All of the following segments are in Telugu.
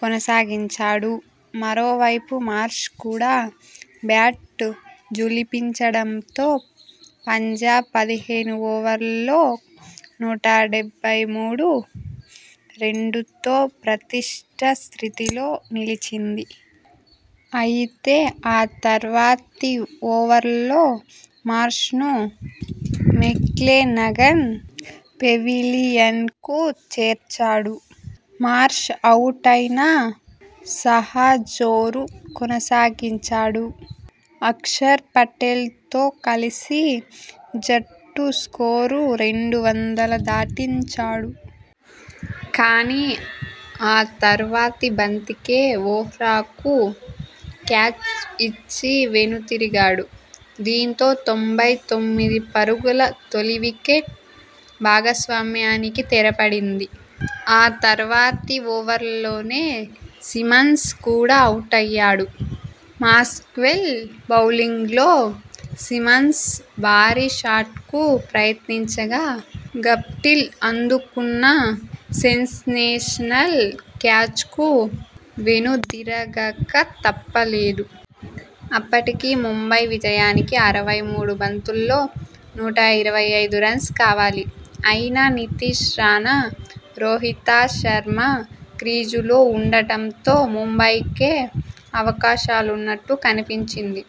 కొనసాగించాడు. మరోవైపు మార్ష్ కూడా బ్యాట్ ఝుళిపించడంతో పంజాబ్ పదిహేను ఓవర్లలో నూట డెబ్బై మూడు, రెండుతో ప్రటిష్ట స్థితిలో నిలిచింది. అయితే ఆ తర్వాతి ఓవర్లో మార్ష్ను మెక్లెనగన్ పెవిలియన్కు చేర్చాడు. మార్ష్ అవుటైనా సాహా జోరు కొనసాగించాడు. అక్షర్ పటేల్ తో కలిసి జట్టు స్కోరు రెండు వందల దాటించాడు. కానీ.. ఆ తర్వాతి బంతికే వోహ్రాకు క్యాచ్ ఇచ్చి వెనుదిరిగాడు. దీంతో తొంభై తొమ్మిది పరుగుల తొలి వికెట్ భాగస్వామ్యానికి తెరపడింది. ఆ తర్వాతి ఓవర్లోనే సిమన్స్ కూడా అవుటయ్యాడు. మాక్స్వెల్ బౌలింగ్లో సిమన్స్ భారీ షాట్కు ప్రయత్నించగా, గప్టిల్ అందుకున్న సేన్సేషనల్ క్యాచ్కు వెనుదిరగక తప్పలేదు. అప్పటికి ముంబై విజయానికి అరవై మూడు బంతుల్లో నూట ఇరవై ఐదు రన్స్ కావాలి. అయినా నితీష్ రాణా, రోహిత శర్మ క్రీజులో ఉండడంతో ముంబై కే అవకాశాలున్నట్టు కనిపించింది.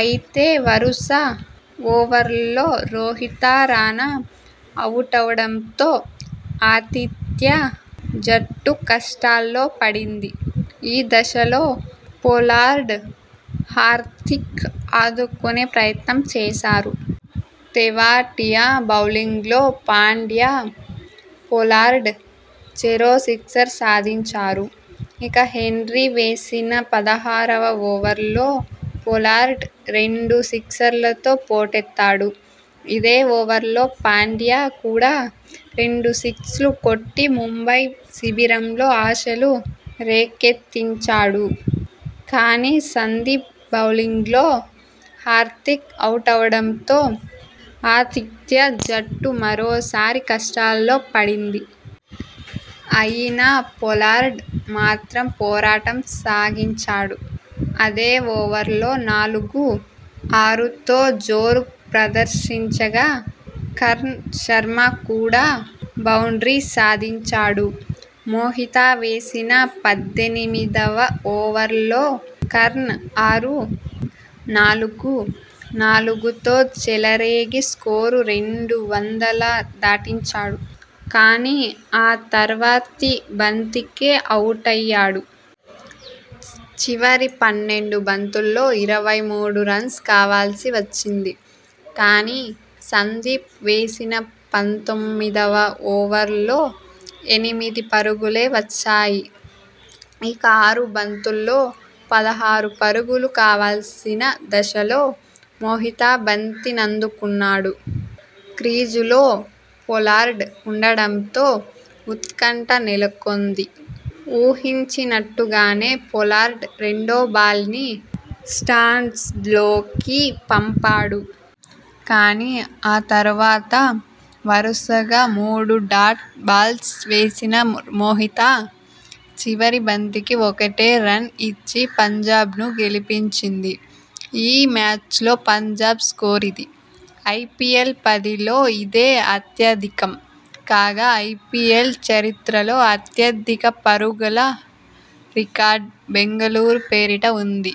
అయితే, వరుస ఓవర్లలో రోహిత, రాణా అవుటవడంతో ఆతిథ్య జట్టు కష్టాల్లో పడింది. ఈ దశలో పొలార్డ్, హార్దిక్ ఆదుకునే ప్రయత్నం చేశారు. తెవాటియా బౌలింగ్లో పాండ్యా, పొలార్డ్ చెరో సిక్సర్ సాధించారు. ఇక హెన్రీ వేసిన పదహారువ ఓవర్లో పొలార్డ్ రెండు సిక్సర్లతో పోటెత్తాడు. ఇదే ఓవర్లో పాండ్యా కూడా రెండు సిక్స్లు కొట్టి ముంబై శిబిరంలో ఆశలు రేకెత్తించాడు. కానీ, సందీప్ బౌలింగ్లో హార్దిక్ అవుటవడంతో ఆతిథ్య జట్టు మరోసారి కష్టాల్లో పడింది. అయినా పొలార్డ్ మాత్రం పోరాటం సాగించాడు. అదే ఓవర్లో నాలుగు, ఆరుతో జోరు ప్రదర్శించగా, కర్ణ్ శర్మ కూడా బౌండ్రీ సాధించాడు. మోహిత వేసిన పద్దెనిమిదివ ఓవర్లో కర్ణ్ ఆరు, నాలుగు, నాలుగుతో చెలరేగి స్కోరు రెండు వందల దాటించాడు. కానీ ఆ తర్వాతి బంతికే అవుటయ్యాడు. చివరి పన్నెండు బంతుల్లో ఇరవై మూడు రన్స్ కావాల్సి వచ్చింది. కానీ, సందీప్ వేసిన పంతొమ్మిదివ ఓవర్లో ఎనిమిది పరుగులే వచ్చాయి. ఇక ఆరు బంతుల్లో పదహారు పరుగులు కావాల్సిన దశలో మోహిత బంతినందుకున్నాడు. క్రీజులో పొలార్డ్ ఉండడంతో ఉత్కంఠ నెలకొంది. ఊహించినట్టుగానే పొలార్డ్ రెండో బాల్ని స్టాండ్స్లోకి పంపాడు. కానీ ఆ తర్వాత వరుసగా మూడు డాట్ బాల్స్ వేసిన మోహిత, చివరి బంతికి ఒకటే రన్ ఇచ్చి పంజాబ్ను గెలిపించింది. ఈ మ్యాచ్లో పంజాబ్ స్కోరిది. ఐపీఎల్, పదిలో ఇదే అత్యధికం. కాగా, ఐపీఎల్ చరిత్రలో అత్యధిక పరుగుల రికార్డు బెంగళూరు పేరిట ఉంది.